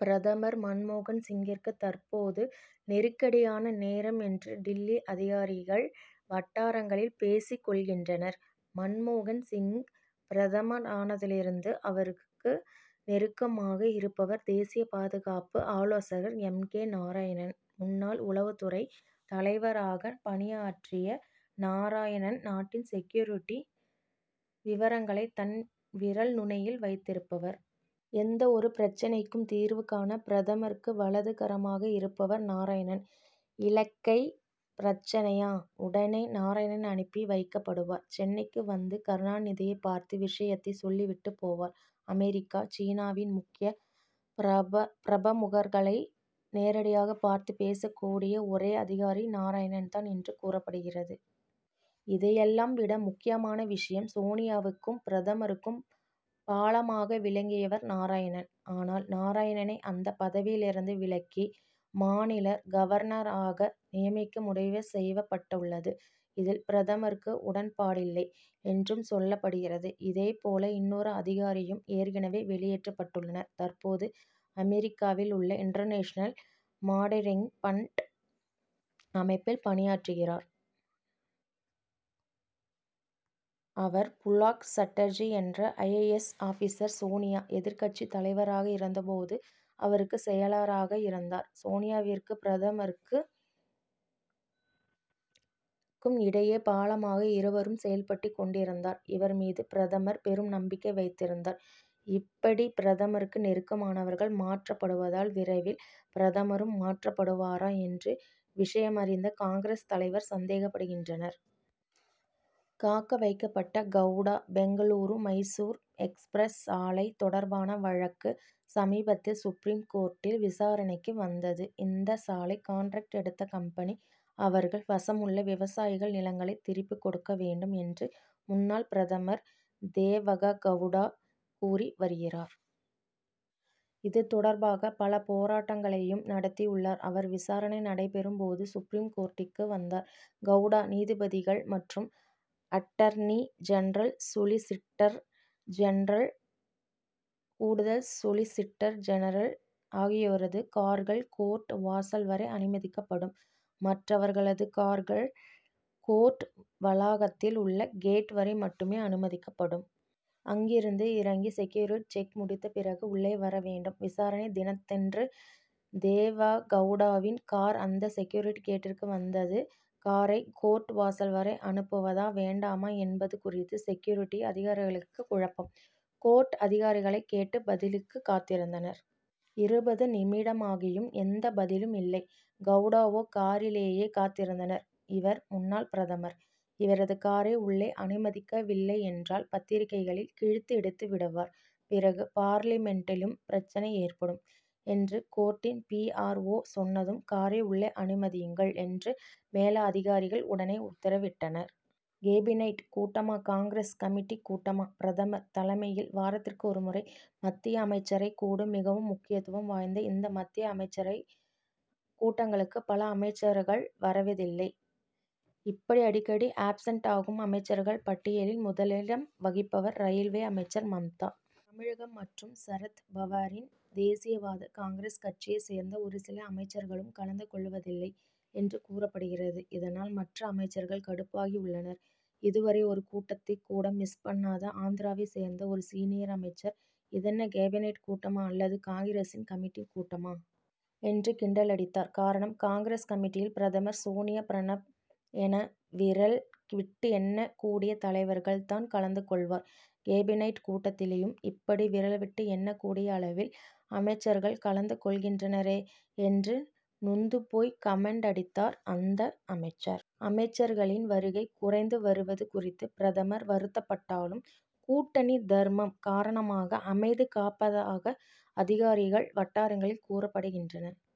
பிரதமர் மன்மோகன் சிங்கிற்கு, தற்போது நெருக்கடியான நேரம் என்று, டில்லி அதிகாரிகள் வட்டாரங்களில் பேசிக் கொள்கின்றனர். மன்மோகன் சிங் பிரதமரானதிலிருந்து, அவருக்கு நெருக்கமாக இருப்பவர், தேசிய பாதுகாப்பு ஆலோசகர் எம். கே. நாராயணன். முன்னாள் உளவுத்துறை தலைவராகப் பணியாற்றிய நாராயணன், நாட்டின் செக்யூரிட்டி விவரங்களை, தன் விரல் நுனியில் வைத்திருப்பவர். எந்த ஒரு பிரச்னைக்கும் தீர்வு காண, பிரதமருக்கு வலது கரமாக இருப்பவர் நாராயணன். இலங்கைப் பிரச்னையா, உடனே நாராயணன் அனுப்பி வைக்கப்படுவார்; சென்னைக்கும் வந்து, கருணாநிதியைப் பார்த்து விஷயத்தைச் சொல்லிவிட்டுப் போவார். அமெரிக்கா, சீனாவின் முக்கிய பிரமுகர்களை நேரடியாகப் பார்த்து பேசக்கூடிய ஒரே அதிகாரி நாராயணன் தான் என்று கூறப்படுகிறது. இதையெல்லாம் விட முக்கியமான விஷயம், சோனியாவுக்கும், பிரதமருக்கும் பாலமாக விளங்கியவர் நாராயணன். ஆனால், நாராயணனை அந்தப் பதவியிலிருந்து விலக்கி, மாநில கவர்னராக நியமிக்க முடிவு செய்யப்பட்டுள்ளது. இதில், பிரதமருக்கு உடன்பாடில்லை என்றும் சொல்லப்படுகிறது. இதே போல இன்னொரு அதிகாரியும், ஏற்கனவே வெளியேற்றப்பட்டுள்ளார். தற்போது, அமெரிக்காவில் உள்ள இன்டர்நேஷனல் மானிடரிங் பண்ட் அமைப்பில் பணியாற்றுகிறார். அவர், புலாக் சட்டர்ஜி என்ற I. A. S., officer. Sonia எதிர்க்கட்சி தலைவராக இருந்த போது, அவருக்கு செயலராக இருந்தார் இவர். சோனியாவிற்கும், பிரதமருக்கு இடையே பாலமாக, இவரும் செயல்பட்டுக் கொண்டிருந்தார். இவர் மீது பிரதமர், பெரும் நம்பிக்கை வைத்திருந்தார். இப்படி, பிரதமருக்கு நெருக்கமானவர்கள் மாற்றப்படுவதால், விரைவில் பிரதமரும் மாற்றப்படுவாரா என்று, விஷயமறிந்த காங்கிரஸ் தலைவர் சந்தேகப்படுகின்றனர். காக்க வைக்கப்பட்ட கவுடா பெங்களூரு மைசூரு எக்ஸ்பிரஸ் சாலை தொடர்பான வழக்கு சமீபத்தில் சுப்ரீம் கோர்ட்டில் விசாரணைக்கு வந்தது. 'இந்த சாலை கான்ட்ராக்ட் எடுத்த கம்பெனி, அவர்கள் வசமுள்ள விவசாயிகள் நிலங் களை திருப்பிக் கொடுக்க வேண்டும்' என்று முன்னாள் பிரதமர் தேவககவுடா கூறி வருகிறார். இது தொடர்பாக பல போராட்டங்களையும் நடத்தியுள்ளார் அவர். விசாரணை நடைபெறும் போது, சுப்ரீம் கோர்ட்டிற்கு வந்தார் கவுடா. நீதிபதிகள் மற்றும் அட்டர்னி ஜென்ரல், சொலிசிட்டர் ஜென்ரல், கூடுதல் சொலிசிட்டர் ஜென்ரல் ஆகியோரது கார்கள், கோர்ட் வாசல் வரை அனுமதிக்கப்படும். மற்றவர்களது கார்கள், கோர்ட் வளாகத்தில் உள்ள கேட் வரை மட்டுமே அனுமதிக்கப்படும். அங்கிருந்து இறங்கி செக்யூரிட்டி செக் முடித்த பிறகு உள்ளே வர வேண்டும். விசாரணை தினத்தன்று, தேவகவுடாவின் கார், அந்த செக்யூரிட்டி கேட்டிற்கு வந்தது. காரை கோர்ட் வாசல் வரை அனுப்புவதா, வேண்டாமா என்பது குறித்து, செக்யூரிட்டி அதிகாரிகளுக்கு குழப்பம். கோர்ட் அதிகாரிகளைக் கேட்டு, பதிலுக்கு காத்திருந்தனர். இருபது நிமிடமாகியும் எந்த பதிலும் இல்லை. கவுடாவோ காரிலேயே காத்திருந்தார். 'இவர் முன்னாள் பிரதமர். இவரது காரை உள்ளே அனுமதிக்கவில்லையென்றால், பத்திரிகைகளில் கிழித்து எடுத்து விடுவர்; பிறகு பார்லிமென்டிலும் பிரச்னை ஏற்படும்' என்று கோர்ட்டின் பி. ஆர். ஓ., சொன்னதும், 'காரை உள்ளே அனுமதியுங்கள்' என்று மேலதிகாரிகள் உடனே உத்தரவிட்டனர். கேபினட் கூட்டமா, காங்கிரஸ் கமிட்டி கூட்டமா? பிரதமர் தலைமையில், வாரத்திற்கு ஒரு முறை மத்திய அமைச்சரை கூடும். மிகவும் முக்கியத்துவம் வாய்ந்த இந்த மத்திய அமைச்சரவைக் கூட்டங்களுக்கு, பல அமைச்சர்கள் வருவதுயில்லை. இப்படி அடிக்கடி ஆப்சென்ட் ஆகும் அமைச்சர்கள் பட்டியலில் முதலிடம் வகிப்பவர், ரயில்வே அமைச்சர் மம்தா. தமிழகம் மற்றும் சரத் பவாரின் தேசியவாத காங்கிரஸ் கட்சியைச் சேர்ந்த ஒரு சில அமைச்சர்களும் கலந்து கொள்வதில்லை என்று கூறப்படுகிறது. இதனால், மற்ற அமைச்சர்கள் கடுப்பாகி உள்ளனர். இதுவரை, ஒரு கூட்டத்தைக் கூட மிஸ் பண்ணாத ஆந்திராவைச் சேர்ந்த ஒரு சீனியர் அமைச்சர், 'இதென்ன கேபினட் கூட்டமா அல்லது காங்கிரசின் கமிட்டி கூட்டமா? ' என்று கிண்டலடித்தார். காரணம், காங்கிரஸ் கமிட்டியில் பிரதமர், சோனியா, பிரணாப் என, விரல் விட்டு எண்ணக்கூடிய தலைவர்கள் தான் கலந்து கொள்வர். 'கேபினட் கூட்டத்திலும் இப்படி விரல் விட்டு எண்ணக்கூடிய அளவில் அமைச்சர்கள் கலந்து கொள்கின்றனரே' என்று நொந்து போய், 'கமென்ட்' அடித்தார் அந்த அமைச்சர். அமைச்சர்களின் வருகை குறைந்து வருவது குறித்து பிரதமர் வருத்தப்பட்டாலும், கூட்டணி தர்மம் காரணமாக அமைதி காப்பதாக, அதிகாரிகள் வட்டாரங்களில் கூறப்படுகின்றன.